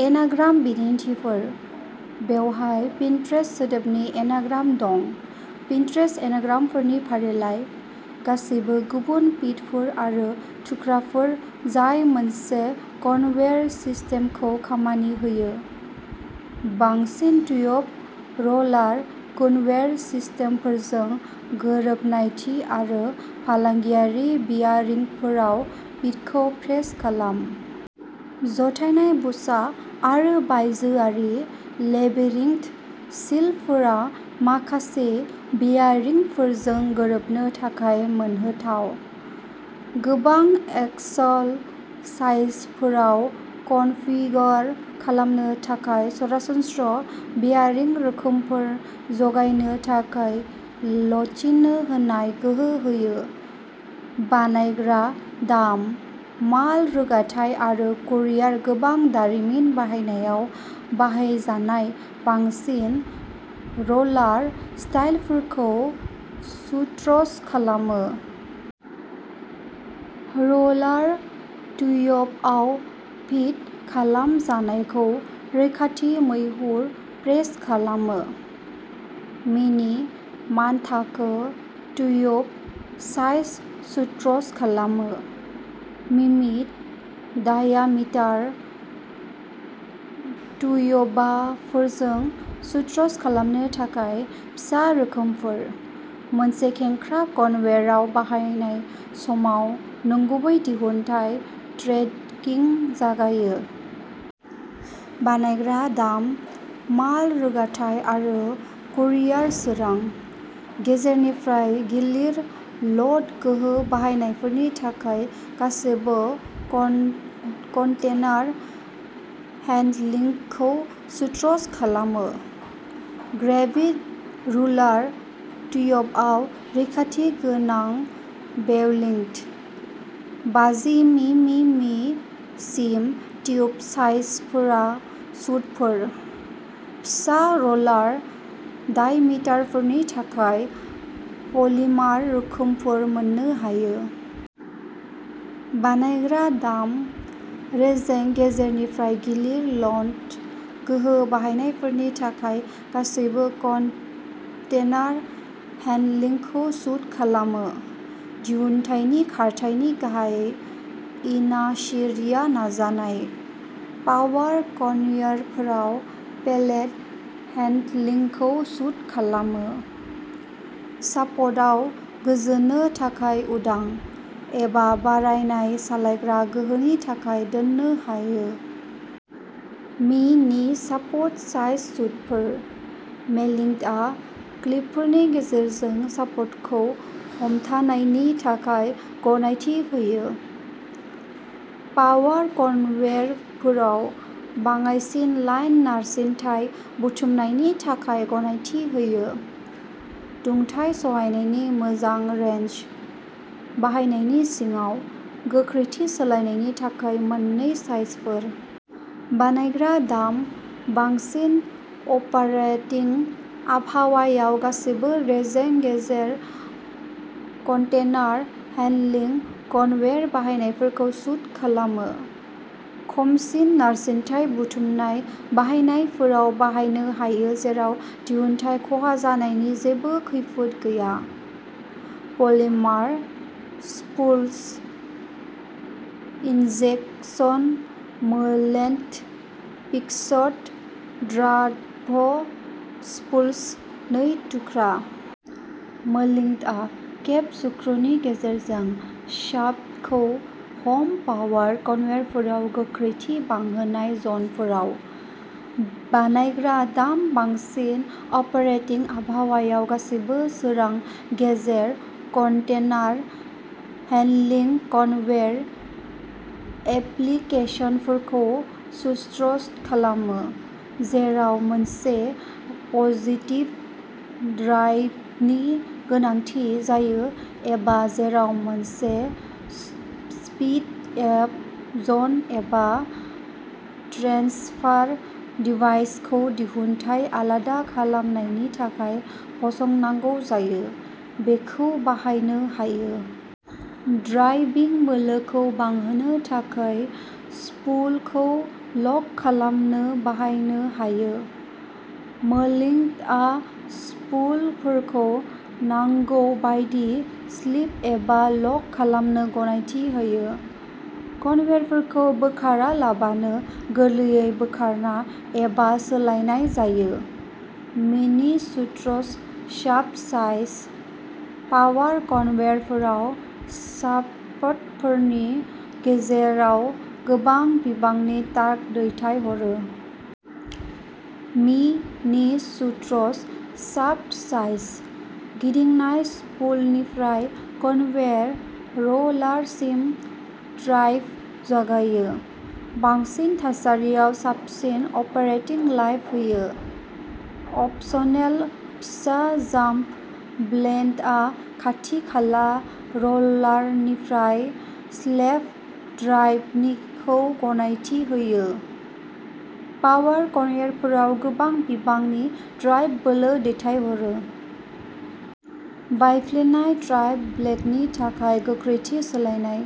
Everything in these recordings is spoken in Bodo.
एनाग्राम बिदिन्थिफोर। बेवहाय पिनट्स सोदोबनि एनाग्रामफोर दं। पिनट्स एनाग्रामफोरनि फारिलाइ। गासैबो गुबुन बिटफोर आरो थुख्राफोर जाय मोनसे कन्वेयर सिस्टेमखौ खामानि होयो, बांसिन ट्युब र'लार कन्वेयर सिस्टेमफोरजों गोरोबनायथि आरो फालांगियारि बियारिंगफोराव फिटखौ प्रेस खालाम। जथायनाय बुश आरो बायजोआरि लेबिरिंथ सिलफोरा माखासे बियारिंगफोरजों गोरोबनो थाखाय मोननोहाथाव। गोबां एक्सल साइजफोराव कनफिगार खालामनो थाखाय सरासनस्रा बियारिंग रोखोमफोर जगायनो थाखाय लचिनो हानाय गोहो होयो। बानायग्रा दाम, माल रोगाथाय आरो कुरियार गोबां दारिमिन बाहायनायाव बाहायजानाय बांसिन र'लार स्टाइलफोरखौ सुट्स खालामो। र'लार ट्युबआव फिट खालामजानायखौ रैखाथि महरै प्रेस खालामो। मि नि मानथाखो ट्युब साइज सुट्स खालामो। मि मि डायामिटार ट्युबफोरजों सुट्स खालामनो थाखाय फिसा रोखोमफोर। मोनसे खेंख्रा कन्वेयरआव बाहायनाय समाव नंगुबै दिहुनथाय ट्रेकिं जगायो। बानायग्रा दाम, माल रोगाथाय आरो कुरियार सोरां, गेजेरनिफ्राय गिलिर ल'ड गोहो बाहायनायफोरनि थाखाय गासैबो कन्टेनार हेन्डलिंगखौ सुट्स खालामो। ग्रेभिति रोलार ट्युबआव रैखाथि गोनां वेल्डिं। बाजि मि मि मि सिम टिउब साइजफोर सुटफोर। फिसा रलार डायमिटारफोरनि थाखाय पलिमार रोखोमफोर मोननो हायो। बानायग्रा दाम, रेजें गेजेरनिफ्राय गिलिर ल'ड गोहो बाहायनायफोरनि थाखाय गासैबो कन्टेनार हेन्डलिंगखौ सुट खालामो। दिहुनथायनि खारथायनि गाहाय इनार्शिया नाजानाय। पावार कन्वेयरफोराव पेलेट हेन्डलिंगखौ सुट खालामो। शाफ्टआव गोजोनो थाखाय उदां, एबा बारायनाय सालायग्रा गोहोनि थाखाय दोननो हायो। मि नि शाफ्ट साइज सुटफोर। मोल्डिंआ क्लिपफोरनि गेजेरजों शाफ्टखौ हमथानायनि थाखाय गनायथि होयो। पावार कन्वेयरफोराव बाङाइसिन लाइन नारसिनथाय बुथुमनायनि थाखाय गनायथि होयो। दुंथाइ सहायनायनि मोजां रेन्ज। बाहायनायनि सिङाव। गोख्रैथि सोलायनायनि थाखाय मोननै साइजफोर। बानायग्रा दाम, बांसिन अपारेटिं आबहावायाव गासैबो रेजें गेजेर कन्टेनार हेन्डलिंग कन्वेयर बाहायनायफोरखौ सुट खालामो। खमसिन नारसिनथाय बुथुमनाय बाहायनायफोराव बाहायनो हायो जेराव दिहुनथायनि खहा जानायनि जेबो खैफोद गैया। Polymer spools, injection moulded fixed drive spools, नै थुख्रा। मोल्डिंआ केप स्क्रूनि गेजेरजों शाफ्टखौ हम पावार कन्वेयरफोराव गोख्रैथि बांहोनाय जनफोराव। बानायग्रा दाम बांसिन अपारेटिं आबहावायाव गासैबो सोरां गेजेर कन्टेनार हेन्डेलिं कन्वेयर एप्लिकेसनफोरखौ सुट्स खालामो। जेराव मोनसे पजिटिभ ड्राइभनि गोनांथि जायो एबा जेराव मोनसे स्पीड आप जन एबा ट्रेन्सफार डिभाइसखौ दिहुनथाय आलादा खालामनायनि थाखाय फसंनांगौ जायो, बेखौ बाहायनो हायो। ड्राइभिं बोलोखौ बांहोनो थाखाय स्पुलखौ लक खालामनो बाहायनो हायो। मोल्डिंआ स्पुलफोरखौ नांगौ बायदि स्लिप एबा लक खालामनो गनायथि होयो। कन्वेयरफोरखौ बोखारालाबानो गोरलैयै बोखारनाय एबा सोलायनाय जायो। मि नि सुट्स शाफ्ट साइज। पावार कन्वेयरफोराव शाफ्टफोरनि गेजेराव गोबां बिबांनि टर्क दैथायहरो। मि नि सुट्स शाफ्ट साइज। गिदिंनाय स्पुलनिफ्राय कन्वेयर र'लारसिम ड्राइभ जगायो। बांसिन थासारियाव साबसिन अपारेटिं लाइफ होयो। अपसनेल फिसा जाम्प बेल्टआ खाथि खाला र'लारनिफ्राय स्लेभ ड्राइभखौ गनायथि होयो। पावार कन्वेयरफोराव गोबां बिबांनि ड्राइभ बोलो दैथायहरो। बायफ्लेनाय ड्राइभ बेल्टनि थाखाय गोख्रै थि सोलायनाय।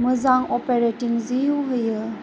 मोजां अपारेटिं जिउ होयो।